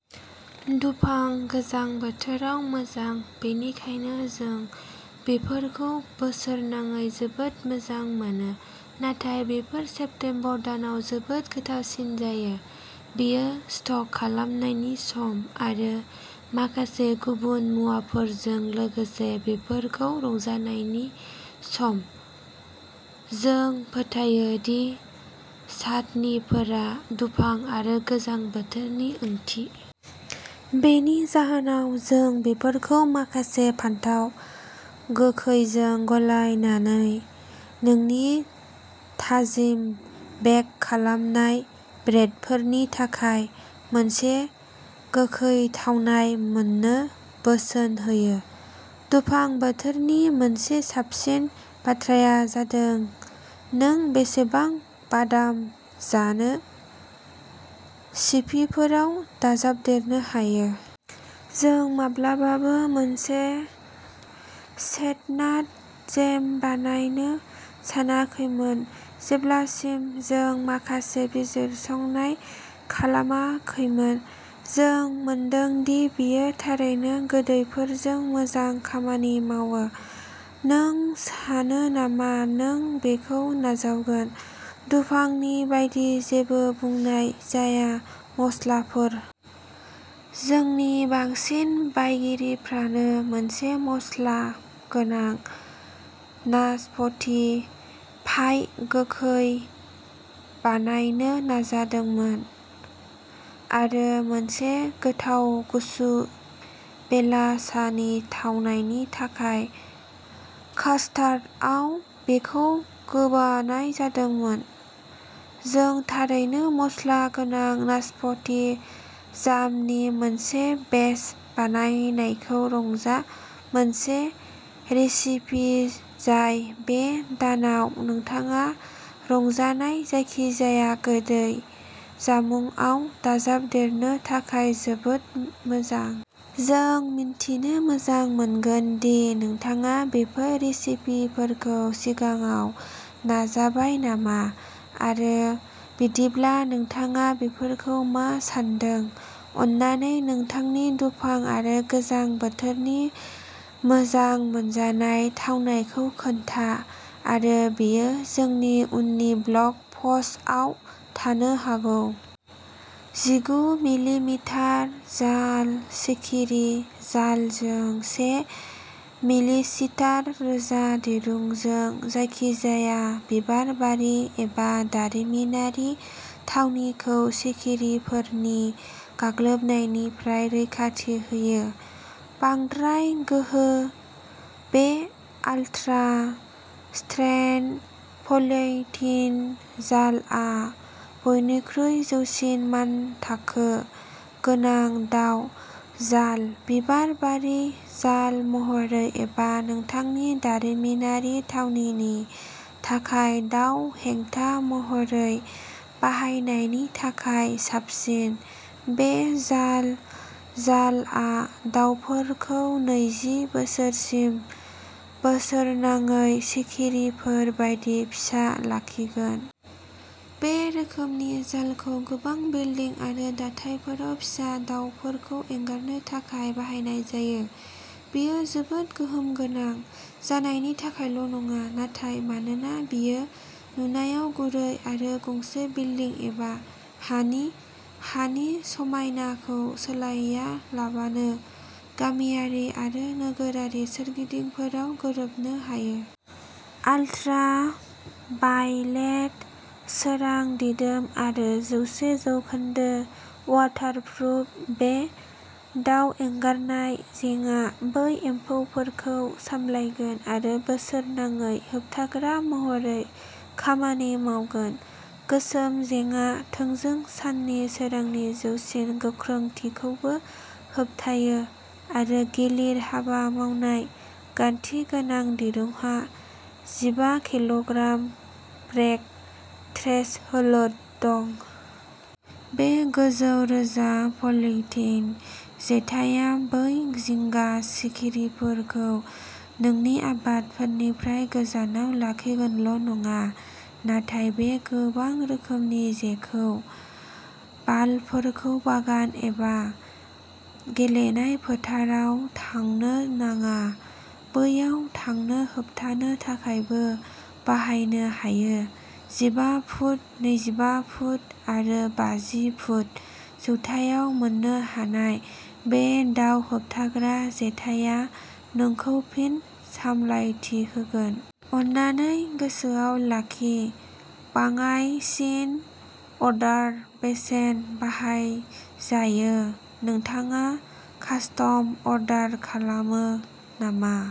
दुफां गोजां बोथोराव मोजां, बेनिखायनो जों बेफोरखौ बोसोरनाङै जोबोद मोजां मोनो, नाथाय बेफोर सेप्तेम्बर दानाव जोबोद गोथावसिन जायो। बेयो स्टक खालामनायनि सम आरो माखासे गुबुन मुवाफोरजों लोगोसे बेफोरखौ रंजानायनि सम। जों फोथायो दि चाटनिफोरा दुफां आरो गोजां बोथोरनि ओंथि। बेनि जाहोनाव जों बेफोरखौ माखासे फानथाव गोखैजों गलायनानै नोंनि थाजिम बेक खालामनाय ब्रेडफोरनि थाखाय मोनसे गोखै थावनाय मोननो बोसोन होयो। दुफां बोथोरनि मोनसे साबसिन बाथ्राया जादों नों बेसेबां बादाम जानो सिपिफोराव दाजाबदेरनो हायो। जों माब्लाबाबो मोनसे चेटनाट जेम बानायनो सानाखैमोन जेब्लासिम जों माखासे बिजिरसंनाय खालामाखैमोन। जों मोनदों दि बेयो थारैनो गोदैफोरजों मोजां खामानि मावो, नों सानो नामा नों बेखौ नाजावगोन? दुफांनि बायदि जेबो बुंनाय जाया, मस्लाफोर! जोंनि बांसिन बायगिरिफ्रानो मोनसे मस्ला गोनां नासपति पाइ/गोखै बानायनो नाजादोंमोन आरो मोनसे गोथाव गुसु बेलासानि थावनायनि थाखाय कास्टार्डआव बेखौ गोबानाय जादोंमोन। जों थारैनो। मस्ला गोनां नासपति जामनि मोनसे बेच बानायनायखौ रंजा, मोनसे रेसिपि जाय बे दानाव नोंथाङा रंजानाय जायखिजाया गोदै जामुंआव दाजाबदेरनो थाखाय जोबोद मोजां। जों मिथिनो मोजां मोनगोन दि नोंथाङा बेफोर रेसिपिफोरखौ सिगाङाव नाजाबाय नामा आरो बिदिब्ला नोंथाङा बेफोरखौ मा सान्दों? अन्नानै नोंथांनि दुफां आरो गोजां बोथोरनि मोजां मोनजानाय थावनायखौ खोन्था आरो बेयो जोंनि उननि ब्लग पस्टआव थानो हागौ। जिगु मिलिमिटार जाल सिखिरि जालजों से मिलिसिटार रोजा दिरुंजों जायखिजाया बिबारबारि एबा दारिमिनारि थावनिखौ सिखिरिफोरनि गाग्लोबनायनिफ्राय रैखाथि होयो। बांद्राय गोहो। बे आल्ट्रा-स्ट्रेंथ पलिइथिलिन जालआ बयनिख्रुइ जौसिन मानथाखो गोनां दाव जाल। बिबारबारि जाल महरै एबा नोंथांनि दारिमिनारि थावनिनि थाखाय दाव हेंथा महरै बाहायनायनि थाखाय साबसिन, बे जाल जालआ दावफोरखौ नैजि बोसोरसिम बोसोरनाङै सिखिरिफोर बायदि फिसा लाखिगोन। बे रोखोमनि जालखौ गोबां बिल्डिं आरो दाथायफोराव फिसा दावफोरखौ एंगारनो थाखाय बाहायनाय जायो। बेयो जोबोद गोहोम गोनां जानायनि थाखायल' नङा, नाथाय मानोना बेयो नुनायाव गुरै आरो गंसे बिल्डिं एबा हानि हानि समायनाखौ सोलायालाबानो गामियारि आरो नोगोरारि सोरगिदिंफोराव गोरोबनो हायो। आलट्रा भाइलेट सोरां दिदोम आरो जौसे जौखोन्दो वाटारप्रुफ, बे दाउ एंगारनाय जेङा बै एम्फौफोरखौ सामलायगोन आरो बोसोरनाङै होबथाग्रा महरै खामानि मावगोन। गोसोम जेङा थोंजों साननि सोरांनि जौसिन गोख्रोंथिखौबो होबथायो आरो गिलिर हाबा मावनाय गान्थि गोनां दिरुंहा जिबा किल'ग्राम ब्रेक थ्रेसहोल्ड दं। बे गोजौ रोजा पलिइथिलिन जेथाया बै जिंगा सिखिरिफोरखौ नोंनि आबादफोरनिफ्राय गोजानाव लाखिगोनल'नङा, नाथाय बे गोबां रोखोमनि जेखौ बालफोरखौ बागान एबा गेलेनाय फोथाराव थांनो नाङा बैयाव थांनो होबथानो थाखायबो बाहायनो हायो। जिबा फुट, नैजिबा फुट आरो बाजि फुट जौथायाव मोननो हानाय, बे दाउ होबथाग्रा जेथाया नोंखौ फिन सामलायथि होगोन। अन्नानै गोसोआव लाखिः बाङाइसिन अर्डार बेसेन बाहायजायो। नोंथाङा कास्टम अर्डार खालामो नामा?